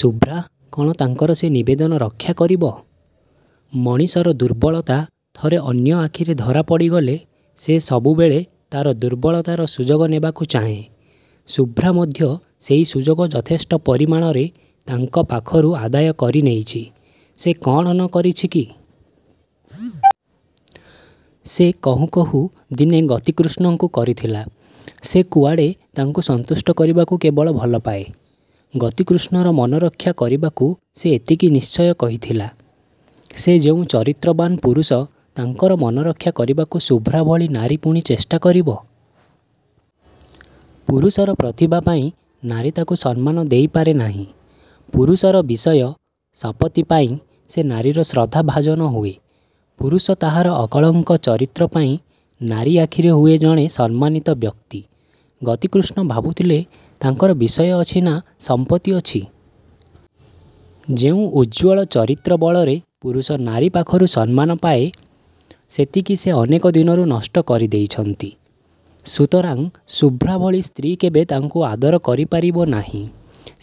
ଶୁଭ୍ରା କ'ଣ ତାଙ୍କର ସେ ନିବେଦନ ରକ୍ଷା କରିବ? ମଣିଷର ଦୁର୍ବଳତା ଥରେ ଅନ୍ୟ ଆଖିରେ ଧରା ପଡ଼ିଗଲେ ସେ ସବୁବେଳେ ତା'ର ଦୁର୍ବଳତାର ସୁଯୋଗ ନେବାକୁ ଚାହେଁ। ଶୁଭ୍ରା ମଧ୍ୟ ସେହି ସୁଯୋଗ ଯଥେଷ୍ଟ ପରିମାଣରେ ତାଙ୍କ ପାଖରୁ ଆଦାୟ କରିନେଇଛି। ସେ କ'ଣ ନ କରିଛି କି? ସେ କହୁଁ କହୁଁ ଦିନେ ଗତିକୃଷ୍ଣଙ୍କୁ କରିଥିଲା, ''ସେ କୁଆଡ଼େ ତାଙ୍କୁ ସନ୍ତୁଷ୍ଟ କରିବାକୁ କେବଳ ଭଲପାଏ। '' ଗତିକୃଷ୍ଣର ମନରକ୍ଷା କରିବାକୁ ସେ ଏତିକି ନିଶ୍ଚୟ କହିଥିଲା। ସେ ଯେଉଁ ଚରିତ୍ରବାନ ପୁରୁଷ, ତାଙ୍କର ମନରକ୍ଷା କରିବାକୁ ଶୁଭ୍ରା ଭଳି ନାରୀ ପୁଣି ଚେଷ୍ଟା କରିବ? ପୁରୁଷର ପ୍ରତିଭା ପାଇଁ ନାରୀ ତାକୁ ସମ୍ମାନ ଦେଇପାରେ ନାହିଁ। ପୁରୁଷର ବିଷୟ, ସପତ୍ତି ପାଇଁ ସେ ନାରୀର ଶ୍ରଦ୍ଧା ଭାଜନ ହୁଏ। ପୁରୁଷ ତାହାର ଅକଳଙ୍କ ଚରିତ୍ର ପାଇଁ ନାରୀ ଆଖିରେ ହୁଏ ଜଣେ ସମ୍ମାନିତ ବ୍ୟକ୍ତି-। ଗତିକୃଷ୍ଣ ଭାବୁଥିଲେ ତାଙ୍କର ବିଷୟ ଅଛି ନା ସମ୍ପତ୍ତି ଅଛି? ଯେଉଁ ଉଜ୍ଜ୍ୱଳ ଚରିତ୍ର ବଳରେ ପୁରୁଷ ନାରୀ ପାଖରୁ ସମ୍ମାନ ପାଏ, ସେତିକି ସେ ଅନେକ ଦିନରୁ ନଷ୍ଟ କରିଦେଇଛନ୍ତି। ସୁତରାଂ ଶୁଭ୍ରା ଭଳି ସ୍ତ୍ରୀ କେବେ ତାଙ୍କୁ ଆଦର କରିପାରିବ ନାହିଁ।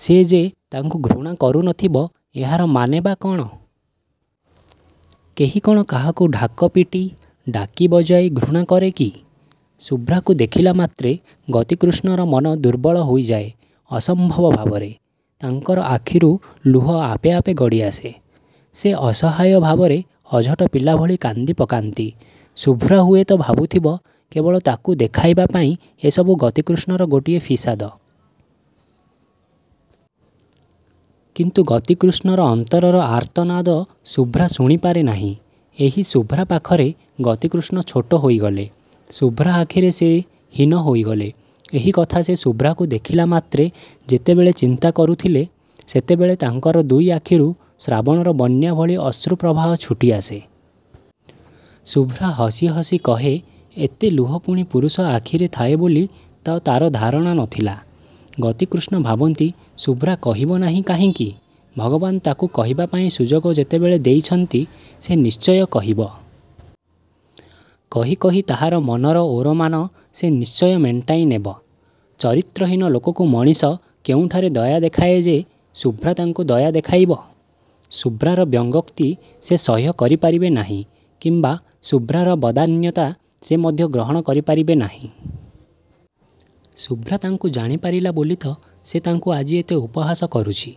ସେ ଯେ ତାଙ୍କୁ ଘୃଣା କରୁନଥିବ ଏହାର ମାନେ ବା କ'ଣ? କେହି କ'ଣ କାହାକୁ ଢାକ ପିଟି, ଡାକି ବଜାଇ ଘୃଣା କରେ କି? ଶୁଭ୍ରାକୁ ଦେଖିଲାମାତ୍ରେ ଗତିକୃଷ୍ଣର ମନ ଦୁର୍ବଳ ହୋଇଯାଏ ଅସମ୍ଭବ ଭାବରେ। ତାଙ୍କର ଆଖିରୁ ଲୁହ ଆପେ ଆପେ ଗଡ଼ିଆସେ। ସେ ଅସହାୟ ଭାବରେ ଅଝଟ ପିଲାଭଳି କାନ୍ଦିପକାନ୍ତି। ଶୁଭ୍ରା ହୁଏତ ଭାବୁଥିବ କେବଳ ତାକୁ ଦେଖାଇବା ପାଇଁ ଏସବୁ ଗତିକୃଷ୍ଣର ଗୋଟିଏ ଫିସାଦ। କିନ୍ତୁ ଗତିକୃଷ୍ଣର ଅନ୍ତରର ଆର୍ତ୍ତନାଦ ଶୁଭ୍ରା ଶୁଣିପାରେ ନାହିଁ। ଏହି ଶୁଭ୍ରା ପାଖରେ ଗତିକୃଷ୍ଣ ଛୋଟ ହୋଇଗଲେ। ଶୁଭ୍ରା ଆଖିରେ ସେ ହୀନ ହୋଇଗଲେ। ଏହି କଥା ସେ ଶୁଭ୍ରାକୁ ଦେଖିଲା ମାତ୍ରେ ଯେତେବେଳେ ଚିନ୍ତା କରୁଥିଲେ, ସେତେବେଳେ ତାଙ୍କର ଦୁଇ ଆଖିରୁ ଶ୍ରାବଣର ବନ୍ୟା ଭଳି ଅଶ୍ରୁ ପ୍ରବାହ ଛୁଟିଆସେ। ଶୁଭ୍ରା ହସି ହସି କହେ, ''ଏତେ ଲୁହ ପୁଣି ପୁରୁଷ ଆଖିରେ ଥାଏ ବୋଲି ତ ତା'ର ଧାରଣା ନ ଥିଲା। '' ଗତିକୃଷ୍ଣ ଭାବନ୍ତି ଶୁଭ୍ରା କହିବ ନାହିଁ କାହିଁକି? ଭଗବାନ ତାକୁ କହିବା ପାଇଁ ସୁଯୋଗ ଯେତେବେଳେ ଦେଇଛନ୍ତି ସେ ନିଶ୍ଚୟ କହିବ। କହି କହି ତାହାର ମନର ଓରମାନ ସେ ନିଶ୍ଚୟ ମେଣ୍ଟାଇନେବ। ଚରିତ୍ରହୀନ ଲୋକକୁ ମଣିଷ କେଉଁଠାରେ ଦୟା ଦେଖାଏ ଯେ ଶୁଭ୍ରା ତାଙ୍କୁ ଦୟା ଦେଖାଇବ? ଶୁଭ୍ରାର ବ୍ୟଙ୍ଗୋକ୍ତି ସେ ସହ୍ୟ କରିପାରିବେ ନାହିଁ କିମ୍ବା ଶୁଭ୍ରାର ବଦାନ୍ୟତା ସେ ମଧ୍ୟ ଗ୍ରହଣ କରିପାରିବେ ନାହିଁ। ଶୁଭ୍ରା ତାଙ୍କୁ ଜାଣିପାରିଲା ବୋଲି ତ ସେ ତାଙ୍କୁ ଆଜି ଏତେ ଉପହାସ କରୁଛି।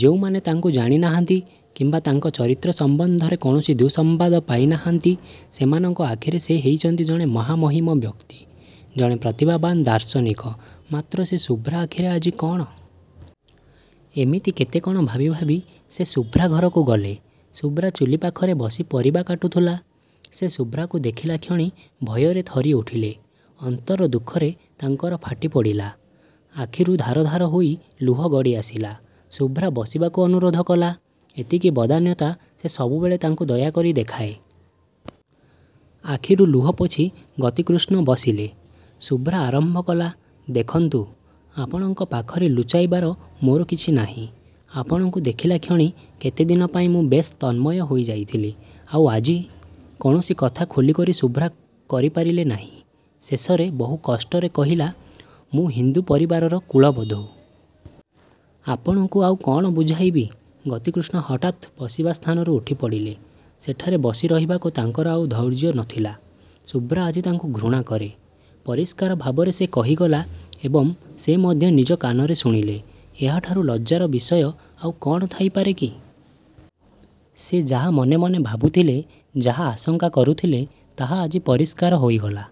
ଯେଉଁମାନେ ତାଙ୍କୁ ଜାଣିନାହାନ୍ତି କିମ୍ବା ତାଙ୍କ ଚରିତ୍ର ସମ୍ବନ୍ଧରେ କୌଣସି ଦୁଃସମ୍ବାଦ ପାଇନାହାନ୍ତି ସେମାନଙ୍କ ଆଖିରେ ସେ ହେଇଛନ୍ତି ଜଣେ ମହାମହିମ ବ୍ୟକ୍ତି। ଜଣେ ପ୍ରତିଭାବାନ ଦାର୍ଶନିକ। ମାତ୍ର ସେ ଶୁଭ୍ରା ଆଖିରେ ଆଜି କ'ଣ? ଏମିତି କେତେ କ'ଣ ଭାବିଭାବି ସେ ଶୁଭ୍ରା ଘରକୁ ଗଲେ। ଶୁଭ୍ରା ଚୁଲି ପାଖରେ ବସି ପରିବା କାଟୁଥିଲା। ସେ ଶୁଭ୍ରାକୁ ଦେଖିଲାକ୍ଷଣି ଭୟରେ ଥରିଉଠିଲେ। ଅନ୍ତର ଦୁଃଖରେ ତାଙ୍କର ଫାଟିପଡ଼ିଲା। ଆଖିରୁ ଧାର ଧାର ହୋଇ ଲୁହ ଗଡ଼ିଆସିଲା। ଶୁଭ୍ରା ବସିବାକୁ ଅନୁରୋଧ କଲା, ଏତିକି ବଦାନ୍ୟତା ସେ ସବୁବେଳେ ତାଙ୍କୁ ଦୟାକରି ଦେଖାଏ। ଆଖିରୁ ଲୁହପୋଛି ଗତିକୃଷ୍ଣ ବସିଲେ। ଶୁଭ୍ରା ଆରମ୍ଭ କଲା, ''ଦେଖନ୍ତୁ! ଆପଣଙ୍କ ପାଖରେ ଲୁଚାଇବାର ମୋର କିଛି ନାହିଁ। ଆପଣଙ୍କୁ ଦେଖିଲାକ୍ଷଣି କେତେଦିନ ପାଇଁ ମୁଁ ବେଶ୍ ତନ୍ମୟ ହୋଇଯାଇଥିଲି। ଆଉ ଆଜି। '' କୌଣସି କଥା ଖୋଲିକରି ଶୁଭ୍ରା କରିପାରିଲେ ନାହିଁ। ଶେଷରେ ବହୁ କଷ୍ଟରେ କହିଲା, ''ମୁଁ ହିନ୍ଦୁ ପରିବାରର କୁଳ-ବଧୂ। ଆପଣଙ୍କୁ ଆଉ କ'ଣ ବୁଝାଇବି। '' ଗତିକୃଷ୍ଣ ହଠାତ୍ ବସିବା ସ୍ଥାନରୁ ଉଠିପଡ଼ିଲେ। ସେଠାରେ ବସିରହିବାକୁ ତାଙ୍କର ଆଉ ଧୈର୍ଯ୍ୟ ନ ଥିଲା। ଶୁଭ୍ରା ଆଜି ତାଙ୍କୁ ଘୃଣାକରେ। ପରିଷ୍କାର ଭାବରେ ସେ କହିଗଲା ଏବଂ ସେ ମଧ୍ୟ ନିଜେ କାନରେ ଶୁଣିଲେ। ଏହାଠାରୁ ଲଜ୍ଜାର ବିଷୟ ଆଉ କ'ଣ ଥାଇପାରେ କି? ସେ ଯାହା ମନେମନେ ଭାବୁଥିଲେ, ଯାହା ଆଶଙ୍କା କରୁଥିଲେ ତାହା ଆଜି ପରିଷ୍କାର ହୋଇଗଲା।